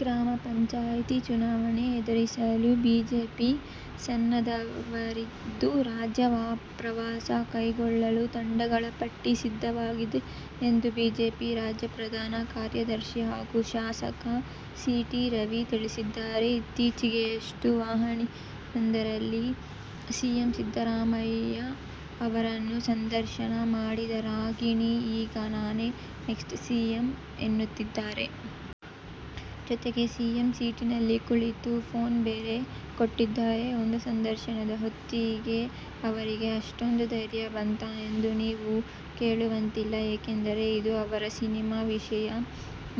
ಗ್ರಾಮ ಪಂಚಾಯಿತಿ ಚುನಾವಣೆ ಎದುರಿಸಲು ಬಿಜೆಪಿ ಸನ್ನದ್ಧವಾಗಿದ್ದು, ರಾಜ್ಯ ಪ್ರವಾಸ ಕೈಗೊಳ್ಳಲು ತಂಡಗಳ ಪಟ್ಟಿ ಸಿದ್ಧವಾಗಿದೆ ಎಂದು ಬಿಜೆಪಿ ರಾಜ್ಯ ಪ್ರಧಾನ ಕಾರ್ಯದರ್ಶಿ ಹಾಗೂ ಶಾಸಕ ಸಿ. ಟಿ. ರವಿ ತಿಳಿಸಿದ್ದಾರೆ. ಇತ್ತೀಚೆಗಷ್ಟೇ ವಾಹಿನಿಯೊಂದರಲ್ಲಿ ಸಿಎಂ ಸಿದ್ಧರಾಮಯ್ಯ ಅವರನ್ನು ಸಂದರ್ಶನ ಮಾಡಿದ ರಾಗಿಣಿ ಈಗ "ನಾನೇ ನೆಕ್ಸ್ಟ್ ಸಿಎಂ' ಎನ್ನುತ್ತಿದ್ದಾರೆ. ಜೊತೆಗೆ ಸಿಎಂ ಸೀಟಿನಲ್ಲಿ ಕುಳಿತು ಫೋಸ್ ಬೇರೆ ಕೊಟ್ಟಿದ್ದಾರೆ! ಒಂದು ಸಂದರ್ಶನದ ಹೊತ್ತಿಗೇ ಅವರಿಗೆ ಅಷ್ಟೊಂದು ಧೈರ್ಯ ಬಂತಾ ಎಂದು ನೀವು ಕೇಳುವಂತಿಲ್ಲ. ಏಕೆಂದರೆ, ಇದು ಅವರ ಸಿನಿಮಾ ವಿಷಯ.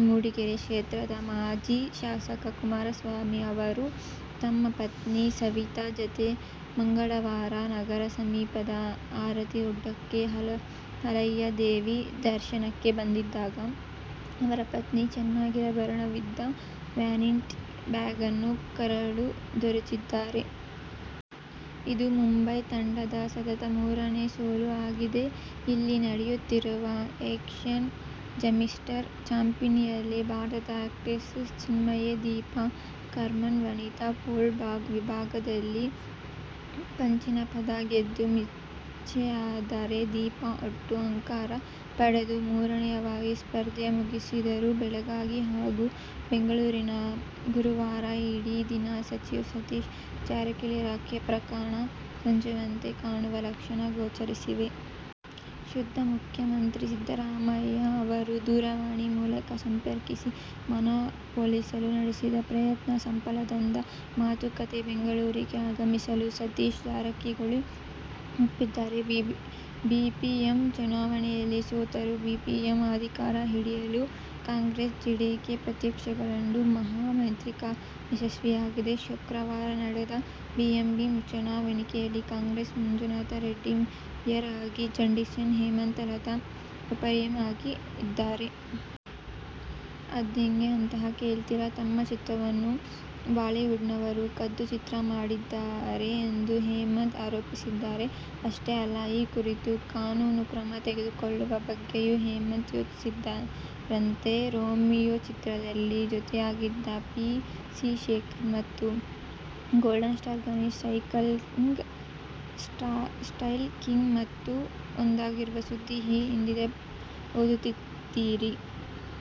ಮೂಡಿಗೆರೆ ಕ್ಷೇತ್ರದ ಮಾಜಿ ಶಾಸಕ ಕುಮಾರಸ್ವಾಮಿ ಅವರು ತಮ್ಮ ಪತ್ನಿ ಸವಿತಾ ಜತೆ ಮಂಗಳವಾರ ನಗರ ಸಮೀಪದ ಆರತಿ ಉಕ್ಕಡದ ಅಲಹ್ಯ ದೇವಿ ದರ್ಶನಕ್ಕೆ ಬಂದಿದ್ದಾಗ ಅವರ ಪತ್ನಿಯ ಚಿನ್ನಾಭರಣವಿದ್ದ ವ್ಯಾನಿಟಿ ಬ್ಯಾಗ್ನ್ನು ಕಳ್ಳರು ದೋಚಿದ್ದಾರೆ. ಇದು ಮುಂಬೈ ತಂಡದ ಸತತ ಮೂರನೇ ಸೋಲು ಆಗಿದೆ. ಇಲ್ಲಿ ನಡೆಯುತ್ತಿರುವ ಏಶ್ಯನ್ ಜಿಮ್ನಾಸ್ಟಿಕ್ ಚಾಂಪಿಯನ್ಶಿಪ್ನಲ್ಲಿ ಭಾರತದ ಆರ್ಟಿಸ್ಟಿಕ್ ಜಿಮ್ನಾಸ್ಟ್ ದೀಪಾ ಕರ್ಮಾಕರ್ ವನಿತಾ ವೋಲ್ಟ್ ವಿಭಾಗದಲ್ಲಿ ಕಂಚಿನ ಪದಕ ಗೆದ್ದು ಮಿಂಚಿದ್ದಾರೆ. ದೀಪಾ ಒಟ್ಟು ಅಂಕ ಪಡೆದು ಮೂರನೆಯವರಾಗಿ ಸ್ಪರ್ಧೆ ಮುಗಿಸಿದರು. ಬೆಳಗಾವಿ ಹಾಗೂ ಬೆಂಗಳೂರಿನಲ್ಲಿ ಗುರುವಾರ ಇಡೀ ದಿನ ನಡೆದ ರಾಜಿ-ಪಂಚಾಯ್ತಿಯ ಪರಿಣಾಮವಾಗಿ ಸಚಿವ ಸತೀಶ್ ಜಾರಕಿಹೊಳಿ ರಾಜೀನಾಮೆ ಪ್ರಕರಣ ಸುಖಾಂತ್ಯ ಕಾಣುವ ಲಕ್ಷಣ ಗೋಚರಿಸಿವೆ. ಖುದ್ದು ಮುಖ್ಯಮಂತ್ರಿ ಸಿದ್ದರಾಮಯ್ಯ ಅವರು ದೂರವಾಣಿ ಮೂಲಕ ಸಂಪರ್ಕಿಸಿ ಮನವೊಲಿಸಲು ನಡೆಸಿದ ಪ್ರಯತ್ನ ಸಫಲವಾದಂತಿದ್ದು, ಮಾತುಕತೆಗೆ ಬೆಂಗಳೂರಿಗೆ ಆಗಮಿಸಲು ಸತೀಶ್ ಜಾರಕಿಹೊಳಿ ಒಪ್ಪಿದ್ದಾರೆ. ಬಿಬಿಎಂಪಿ ಚುನಾವಣೆಯಲ್ಲಿ ಸೋತರೂ ಬಿಬಿಎಂಪಿ ಅಧಿಕಾರ ಹಿಡಿಯಲು ಕಾಂಗ್ರೆಸ್-ಜೆಡಿಎಸ್-ಪಕ್ಷೇತರರನ್ನೊಳಗೊಂಡ ಮಹಾ ಮೈತ್ರಿಕೂಟ ಯಶಸ್ವಿಯಾಗಿದೆ. ಶುಕ್ರವಾರ ನಡೆದ ಬಿಬಿಎಂಪಿ ಚುನಾ ವಣೆಯಲ್ಲಿ ಕಾಂಗ್ರೆಸ್ನ ಮಂಜುನಾಥ ರೆಡ್ಡಿ ಮೇಯರ್ ಆಗಿ, ಜೆಡಿಎಸ್ನ ಹೇಮಲತಾ ಉಪಮೇಯರ್ ಆಗಿ ಆಯ್ಕೆಯಾಗಿದ್ದಾರೆ. ಅದ್ಹೇಗೆ ಅಂತ ಕೇಳ್ತೀರಾ? ತಮ್ಮ ಚಿತ್ರವನ್ನು ಬಾಲಿವುಡ್ನವರು ಕದ್ದು ಚಿತ್ರ ಮಾಡಿದ್ದಾರೆ ಎಂದು ಹೇಮಂತ್ ಆರೋಪಿಸಿದ್ದಾರೆ. ಅಷ್ಟೇ ಅಲ್ಲ, ಈ ಕುರಿತು ಕಾನೂನು ಕ್ರಮ ತೆಗೆದುಕೊಳ್ಳುವ ಬಗ್ಗೆಯೂ ಹೇಮಂತ್ ಯೋಚಿಸುತ್ತಿದ್ದಾರಂತೆ. ರೋಮಿಯೊ ಚಿತ್ರದಲ್ಲಿ ಜೊತೆಯಾಗಿದ್ದ ಪಿ. ಸಿ ಶೇಖರ್ ಮತ್ತು golden star Ganesh 'style king' ಮತ್ತೆ ಒಂದಾಗಿರುವ ಸುದ್ದಿ ಈ ಹಿಂದೆಯೇ ಓದಿರುತ್ತೀರಿ.